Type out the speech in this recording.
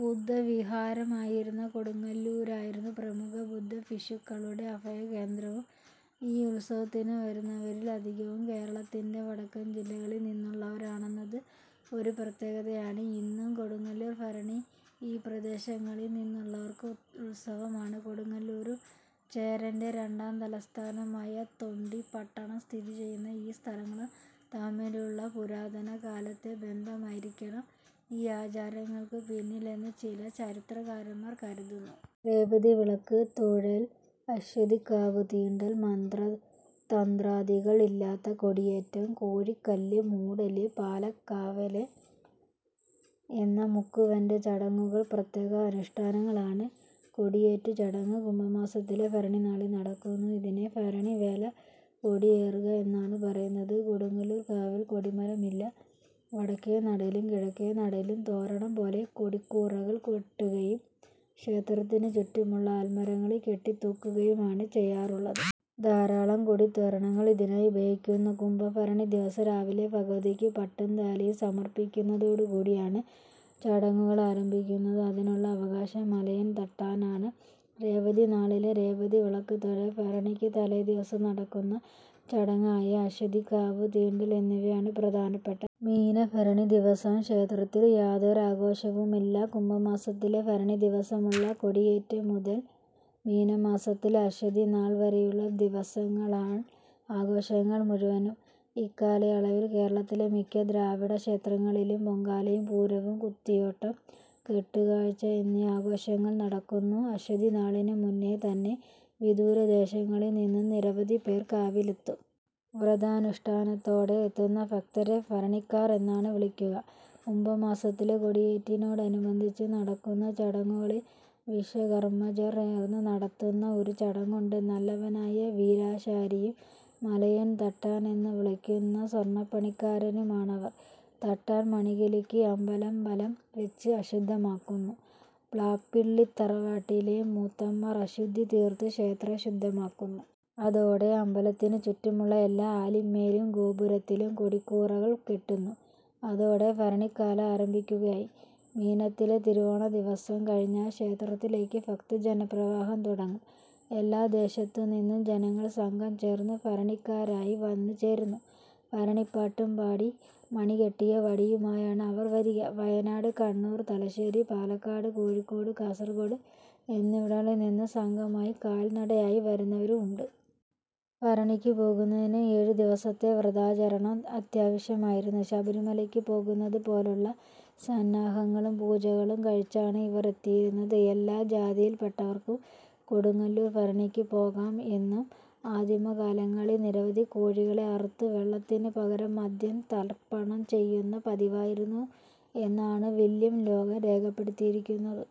ബുദ്ധവിഹാരമായിരുന്ന കൊടുങ്ങല്ലൂരായിരുന്നു പ്രമുഖ ബുദ്ധഭിക്ഷുക്കളുടെ അഭയകേന്ദ്രവും. ഈ ഉത്സവത്തിനു വരുന്നവരിൽ അധികവും കേരളത്തിന്റെ വടക്കൻ ജില്ലകളിൽ നിന്നുള്ളവരാണെന്നത് ഒരു പ്രത്യേകതയാണ്. ഇന്നും കൊടുങ്ങല്ലൂർ ഭരണി ഈ പ്രദേശങ്ങളിൽ നിന്നുള്ളവർക്ക് ഉത്സവമാണ്. കൊടുങ്ങല്ലൂരും ചേരന്റെ രണ്ടാം തലസ്ഥാനമായ തൊണ്ടി പട്ടണം സ്ഥിതി ചെയ്യുന്ന ഈ സ്ഥലങ്ങളും തമ്മിലുള്ള പുരാതന കാലത്തെ ബന്ധമായിരിക്കണം ഈ ആചാരങ്ങൾക്ക് പിന്നിൽ എന്ന് ചില ചരിത്രകാരന്മാർ കരുതുന്നു. രേവതി വിളക്ക് തൊഴൽ, അശ്വതി കാവ് തീണ്ടൽ, മന്ത്രതന്ത്രാദികൾ ഇല്ലാത്ത കൊടിയേറ്റം, കോഴികല്ല് മൂടല്, പാലക്കവേലൻ എന്ന മുക്കുവന്റെ ചടങ്ങുകൾ പ്രത്യേക അനുഷ്ഠാനങ്ങളാണ്. കൊടിയേറ്റ് ചടങ്ങ് കുംഭമാസത്തിലെ ഭരണിനാളിൽ നടക്കുന്നു. ഇതിനെ ഭരണിവേല കൊടിയേറുക എന്നാണ് പറയുന്നത്. കൊടുങ്ങല്ലൂർ കാവിൽ കൊടിമരമില്ല. വടക്കേനടയിലും കിഴക്കേനടയിലും തോരണം പോലെ കൊടിക്കൂറകൾ കെട്ടുകയും ക്ഷേത്രത്തിനു ചുറ്റുമുള്ള ആൽമരങ്ങളിൽ കെട്ടിത്തൂക്കുകയുമാണ് ചെയ്യാറുള്ളത്. ധാരാളം കൊടിതോരണങ്ങൾ ഇതിനായി ഉപയോഗിക്കുന്നു. കുംഭ ഭരണി ദിവസം രാവിലെ ഭഗവതിക്ക് പട്ടും താലിയും സമർപ്പിക്കുന്നതോടുകൂടിയാണ് ചടങ്ങുകൾ ആരംഭിക്കുന്നത്. അതിനുള്ള അവകാശം മലയൻ തട്ടാനാണ്. രേവതി നാളിലെ "രേവതി വിളക്ക് തൊഴൽ", ഭരണിക്ക് തലേ ദിവസം നടക്കുന്ന ചടങ്ങായ അശ്വതീ കാവു തീണ്ടൽ എന്നിവയാണ് പ്രധാനപ്പെട്ടത്. മീനഭരണി ദിവസം ക്ഷേത്രത്തിൽ യാതൊരാഘോഷവുമില്ല. കുംഭമാസത്തിലെ ഭരണിദിവസമുള്ള കൊടിയേറ്റുമുതൽ മീനമാസത്തിലെ അശ്വതിനാൾ വരെയുള്ള ദിവസങ്ങളാൺ ആഘോഷങ്ങൾ മുഴുവനും. ഇക്കാലയളവിൽ കേരളത്തിലെ മിക്ക ദ്രാവിഡ ക്ഷേത്രങ്ങളിലും പൊങ്കാലയും, പൂരവും, കുത്തിയോട്ടം, കെട്ടുകാഴ്ച എന്നീ ആഘോഷങ്ങൾ നടക്കുന്നു. അശ്വതിനാളിനു മുന്നേ തന്നെ വിദൂരദേശങ്ങളിൽ നിന്നും നിരവധി പേർ കാവിലെത്തും. വ്രതാനുഷ്ടാനത്തോടെ എത്തുന്ന ഭക്തരെ ഭരണിക്കാർ എന്നാണ് വിളിക്കുക. കുംഭമാസത്തിലെ കൊടിയേറ്റിനോടനുബന്ധിച്ച് നടക്കുന്ന ചടങ്ങുകളിൽ വിശ്വകർമ്മജർ ചേർന്ന് നടത്തുന്ന ഒരു ചടങ്ങുണ്ട്. നല്ലവനായ വീരാശാരിയും മലയൻ തട്ടാൻ എന്നു വിളിക്കുന്ന സ്വര്ണപ്പണിക്കാരനുമാണവർ. തട്ടാൻ മണികിലുക്കി അമ്പലം വലം വെച്ച് അശുദ്ധമാക്കുന്നു. പ്ലാപ്പിള്ളിത്തറവാട്ടിലെ മൂത്തന്മാർ അശുദ്ധിതീർത്ത് ക്ഷേത്രം ശുദ്ധമാക്കുന്നു. അതോടെ അമ്പലത്തിനു ചുറ്റുമുള്ള എല്ലാ ആലിന്മേലും ഗോപുരത്തിലും കൊടിക്കൂറകൾ കെട്ടുന്നു. അതോടെ ഭരണിക്കാലം ആരംഭിക്കുകയായി. മീനത്തിലെ തിരുവോണദിവസം കഴിഞ്ഞാൽ ക്ഷേത്രത്തിലേക്ക് ഭക്തജനപ്രവാഹം തുടങ്ങും. എല്ലാദേശത്തു നിന്നും ജനങ്ങൾ സംഘം ചേർന്ന് ഭരണിക്കാരായി വന്നു ചേരുന്നു. ഭരണിപ്പാട്ടും പാടി മണികെട്ടിയ വടിയുമായാണ് അവർ വരിക. വയനാട്, കണ്ണൂർ, തലശ്ശേരി, പാലക്കാട്, കോഴിക്കോട്, കാസർകോട് എന്നിവടങ്ങളിൽ നിന്ന് സംഘമായി കാൽനടയായി വരുന്നവരും ഉണ്ട്. ഭരണിക്ക് പോകുന്നതിനു ഏഴുദിവസത്തെ വ്രതാചരണം അത്യാവശ്യമായിരുന്നു. ശബരിമലക്ക് പോകുന്നതു പോലുള്ള സന്നാഹങ്ങളും പൂജകളും കഴിച്ചാണ് ഇവർ എത്തിയിരുന്നത്. എല്ലാ ജാതിയില്പെട്ടവർക്കും കൊടുങ്ങലൂർ ഭരണിക്ക് പോകാം എന്നും ആദിമകാലങ്ങളിൽ നിരവധി കോഴികളെ അറുത്ത് വെള്ളത്തിനു പകരം മദ്യം തർപ്പണം ചെയ്യുന്ന പതിവായിരുന്നു എന്നാണ് വില്യം ലോഗൻ രേഖപ്പെടുത്തിയിരിക്കുന്നത്.